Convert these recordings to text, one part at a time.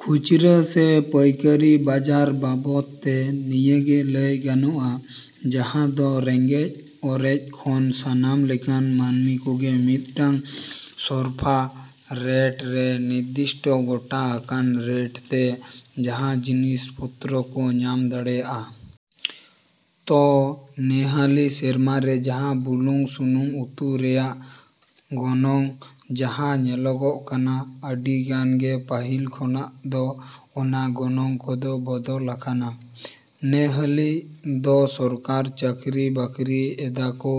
‎ᱠᱷᱩᱪᱨᱟᱹ ᱥᱮ ᱯᱟᱹᱭᱠᱟᱹᱨᱤ ᱵᱟᱡᱟᱨ ᱵᱟᱵᱚᱫᱽ ᱛᱮ ᱱᱤᱭᱟᱹ ᱜᱮ ᱞᱟᱹᱭ ᱜᱟᱱᱚᱜᱼᱟ ᱡᱟᱦᱟᱸ ᱫᱚ ᱨᱮᱸᱜᱮᱡ ᱚᱨᱮᱡ ᱠᱷᱚᱱ ᱥᱟᱱᱟᱢ ᱞᱮᱠᱟᱱ ᱢᱟᱹᱱᱢᱤ ᱠᱚᱜᱮ ᱢᱤᱫᱴᱟᱝ ᱥᱚᱨᱯᱷᱟ ᱨᱮᱴ ᱥᱮ ᱱᱤᱨᱫᱤᱥᱴᱚ ᱜᱚᱴᱟ ᱟᱠᱟᱱ ᱨᱮᱴ ᱛᱮ ᱡᱟᱦᱟᱸ ᱡᱤᱱᱤᱥ ᱯᱚᱛᱨᱚ ᱠᱚ ᱧᱟᱢ ᱫᱟᱲᱮᱭᱟᱜᱼᱟ᱾ ᱛᱚ ᱱᱮᱦᱟᱹᱞᱤ ᱥᱮᱨᱢᱟ ᱨᱮ ᱡᱟᱦᱟᱸ ᱵᱩᱞᱩᱝ ᱥᱩᱱᱩᱢ ᱩᱛᱩ ᱨᱮᱭᱟᱜ ᱜᱚᱱᱚᱝ ᱡᱟᱦᱟᱸ ᱧᱮᱞᱚᱜᱚᱜ ᱠᱟᱱᱟ ᱟᱹᱰᱤ ᱜᱟᱱ ᱜᱮ ᱯᱟᱹᱦᱤᱞ ᱠᱷᱚᱱᱟᱜ ᱫᱚ ᱚᱱᱟ ᱜᱚᱱᱚᱝ ᱠᱚᱫᱚ ᱵᱚᱫᱚᱞ ᱟᱠᱟᱱᱟ᱾ ᱱᱮᱦᱟᱹᱞᱤ ᱫᱚ ᱥᱚᱨᱠᱟᱨ ᱪᱟᱠᱨᱤ ᱵᱟᱠᱨᱤ ᱮᱫᱟᱠᱚ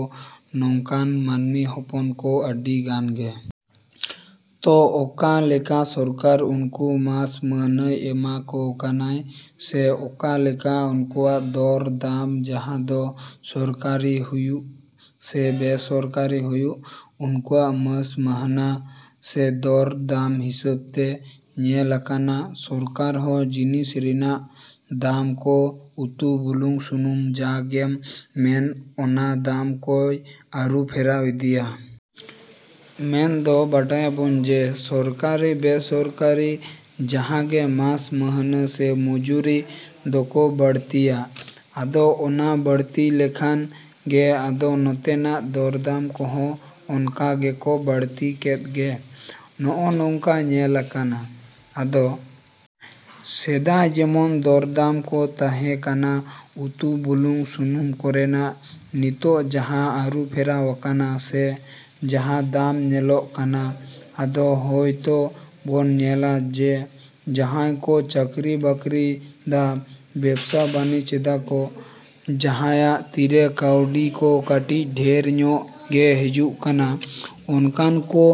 ᱱᱚᱝᱠᱟᱱ ᱢᱟᱹᱱᱢᱤ ᱦᱚᱯᱚᱱ ᱠᱚ ᱟᱹᱰᱤ ᱜᱟᱱ ᱜᱮ᱾ ᱛᱚ ᱚᱠᱟ ᱞᱮᱠᱟ ᱥᱚᱨᱠᱟᱨ ᱩᱱᱠᱩ ᱢᱟᱥ ᱢᱟᱹᱦᱱᱟᱹᱭ ᱮᱢᱟ ᱠᱚ ᱠᱟᱱᱟᱭ ᱥᱮ ᱚᱠᱟ ᱞᱮᱠᱟ ᱩᱱᱠᱩᱣᱟᱜ ᱫᱚᱨ ᱫᱟᱢ ᱡᱟᱦᱟᱸ ᱫᱚ ᱥᱚᱨᱠᱟᱨᱤ ᱦᱩᱭᱩᱜ ᱥᱮ ᱵᱮᱼᱥᱚᱨᱠᱟᱨᱤ ᱦᱩᱭᱩᱜ ᱩᱱᱠᱩᱣᱟᱜ ᱢᱟᱹᱥ ᱢᱟᱹᱦᱱᱟᱹ ᱥᱮ ᱫᱚᱨ ᱫᱟᱢ ᱦᱤᱸᱥᱟᱹᱵ ᱛᱮ ᱧᱮᱞ ᱟᱠᱟᱱᱟ ᱥᱚᱨᱠᱟᱨ ᱦᱚᱸ ᱡᱤᱱᱤᱥ ᱨᱮᱱᱟᱜ ᱫᱟᱢ ᱠᱚ ᱩᱛᱩ ᱵᱩᱞᱩᱝ ᱥᱩᱱᱩᱢ ᱡᱟ ᱜᱮᱢ ᱢᱮᱱ ᱚᱱᱟ ᱫᱟᱢ ᱠᱚᱭ ᱟᱹᱨᱩ ᱯᱷᱮᱨᱟᱣ ᱤᱫᱤᱭᱟ᱾ ᱢᱮᱱ ᱫᱚ ᱵᱟᱰᱟᱭᱟᱵᱚᱱ ᱡᱮ ᱥᱚᱨᱠᱟᱨᱤ ᱵᱮᱼᱥᱚᱨᱠᱟᱨᱤ ᱡᱟᱦᱟᱸ ᱜᱮ ᱢᱟᱥ ᱢᱟᱹᱦᱱᱟᱹ ᱥᱮ ᱢᱚᱡᱩᱨᱤ ᱫᱚᱠᱚ ᱵᱟᱹᱲᱛᱤᱭᱟ᱾ ᱟᱫᱚ ᱚᱱᱟ ᱵᱟᱹᱲᱛᱤ ᱞᱮᱠᱷᱟᱱ ᱜᱮ ᱟᱫᱚ ᱱᱚᱛᱮᱱᱟᱜ ᱫᱚᱨᱫᱟᱢ ᱠᱚᱦᱚᱸ ᱚᱝᱠᱟ ᱜᱮᱠᱚ ᱵᱟᱹᱲᱛᱤ ᱠᱮᱫ ᱜᱮ᱾ ᱱᱚᱜᱼᱚ ᱱᱚᱝᱠᱟ ᱧᱮᱞ ᱟᱠᱟᱱᱟ᱾ ᱟᱫᱚ ᱥᱮᱫᱟᱭ ᱡᱮᱢᱚᱱ ᱫᱚᱨᱫᱟᱢ ᱠᱚ ᱛᱟᱦᱮᱸ ᱠᱟᱱᱟ ᱩᱛᱩ ᱵᱩᱞᱩᱝ ᱥᱩᱱᱩᱢ ᱠᱚᱨᱮᱱᱟᱜ ᱱᱤᱛᱳᱜ ᱡᱟᱦᱟᱸ ᱟᱹᱨᱩᱯᱷᱮᱨᱟᱣ ᱟᱠᱟᱱᱟ ᱥᱮ ᱡᱟᱦᱟᱸ ᱫᱟᱢ ᱧᱮᱞᱚᱜ ᱠᱟᱱᱟ ᱟᱫᱚ ᱦᱳᱭ ᱛᱚ ᱵᱚᱱ ᱧᱮᱞᱟ ᱡᱮ ᱡᱟᱦᱟᱸᱭ ᱠᱚ ᱪᱟᱠᱨᱤ ᱵᱟᱠᱨᱤᱭ ᱫᱟ ᱵᱮᱵᱥᱟ ᱵᱟᱱᱤᱡᱽ ᱮᱫᱟᱠᱚ ᱡᱟᱦᱟᱸᱭᱟᱜ ᱛᱤᱨᱮ ᱠᱟᱹᱣᱰᱤ ᱠᱚ ᱠᱟᱹᱴᱤᱡ ᱰᱷᱮᱨ ᱧᱚᱜ ᱜᱮ ᱦᱤᱡᱩᱜ ᱠᱟᱱᱟ ᱚᱱᱠᱟᱱ ᱠᱚ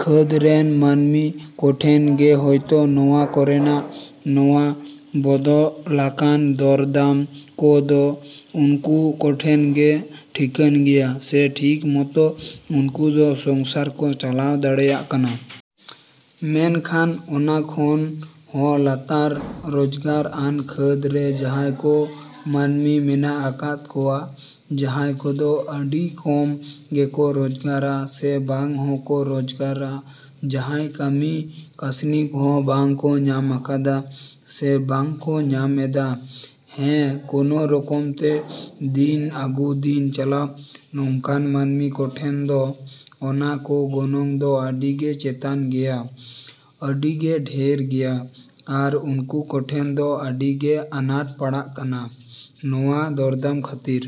ᱠᱷᱟᱹᱫᱽ ᱨᱮᱱ ᱢᱟᱹᱱᱢᱤ ᱠᱚᱴᱷᱮᱱ ᱜᱮ ᱦᱳᱭᱛᱚ ᱱᱚᱣᱟ ᱠᱚᱨᱮᱱᱟᱜ ᱱᱚᱣᱟ ᱵᱚᱫᱚᱞᱟᱠᱟᱱ ᱫᱚᱨᱫᱟᱢ ᱠᱚ ᱫᱚ ᱩᱱᱠᱩ ᱠᱚᱴᱷᱮᱱ ᱜᱮ ᱴᱷᱤᱠᱟᱹᱱ ᱜᱮᱭᱟ ᱥᱮ ᱴᱷᱤᱠ ᱢᱚᱛᱚ ᱩᱱᱠᱩ ᱫᱚ ᱥᱚᱝᱥᱟᱨ ᱠᱚ ᱪᱟᱞᱟᱣ ᱫᱟᱲᱮᱭᱟᱜ ᱠᱟᱱᱟ᱾ ᱢᱮᱱᱠᱷᱟᱱ ᱚᱱᱟ ᱠᱷᱚᱱ ᱦᱚᱸ ᱞᱟᱛᱟᱨ ᱨᱚᱡᱽᱜᱟᱨ ᱟᱱ ᱠᱷᱟᱹᱫᱽ ᱨᱮ ᱡᱟᱦᱟᱸᱭ ᱠᱚ ᱢᱟᱹᱱᱢᱤ ᱢᱮᱱᱟᱜ ᱟᱠᱟᱫ ᱠᱚᱣᱟ ᱡᱟᱦᱟᱸᱭ ᱠᱚᱫᱚ ᱟᱹᱰᱤ ᱠᱚᱢ ᱜᱮᱠᱚ ᱨᱚᱡᱽᱜᱟᱨᱟ ᱥᱮ ᱵᱟᱝ ᱦᱚᱸ ᱠᱚ ᱨᱚᱡᱽᱜᱟᱨᱟ ᱡᱟᱦᱟᱸᱭ ᱠᱟᱹᱢᱤ ᱠᱟᱥᱱᱤ ᱠᱚᱦᱚᱸ ᱵᱟᱝ ᱠᱚ ᱧᱟᱢ ᱟᱠᱟᱫᱟ ᱥᱮ ᱵᱟᱝ ᱠᱚ ᱧᱟᱢ ᱮᱫᱟ ᱦᱮᱸ ᱠᱳᱱᱳ ᱨᱚᱠᱚᱢ ᱛᱮ ᱫᱤᱱ ᱟᱜᱩ ᱫᱤᱱ ᱪᱟᱞᱟᱣ ᱱᱚᱝᱠᱟᱱ ᱢᱟᱹᱱᱢᱤ ᱠᱚᱴᱷᱮᱱ ᱫᱚ ᱚᱱᱟ ᱠᱚ ᱜᱚᱱᱚᱝ ᱫᱚ ᱟᱹᱰᱤᱜᱮ ᱪᱮᱛᱟᱱ ᱜᱮᱭᱟ ᱟᱹᱰᱤᱜᱮ ᱰᱷᱮᱨ ᱜᱮᱭᱟ ᱟᱨ ᱩᱝᱠᱩ ᱠᱚᱴᱷᱮᱱ ᱫᱚ ᱟᱹᱰᱤ ᱜᱮ ᱟᱱᱟᱴ ᱯᱟᱲᱟᱜ ᱠᱟᱱᱟ ᱱᱚᱣᱟ ᱫᱚᱨᱫᱟᱢ ᱠᱷᱟᱹᱛᱤᱨ᱾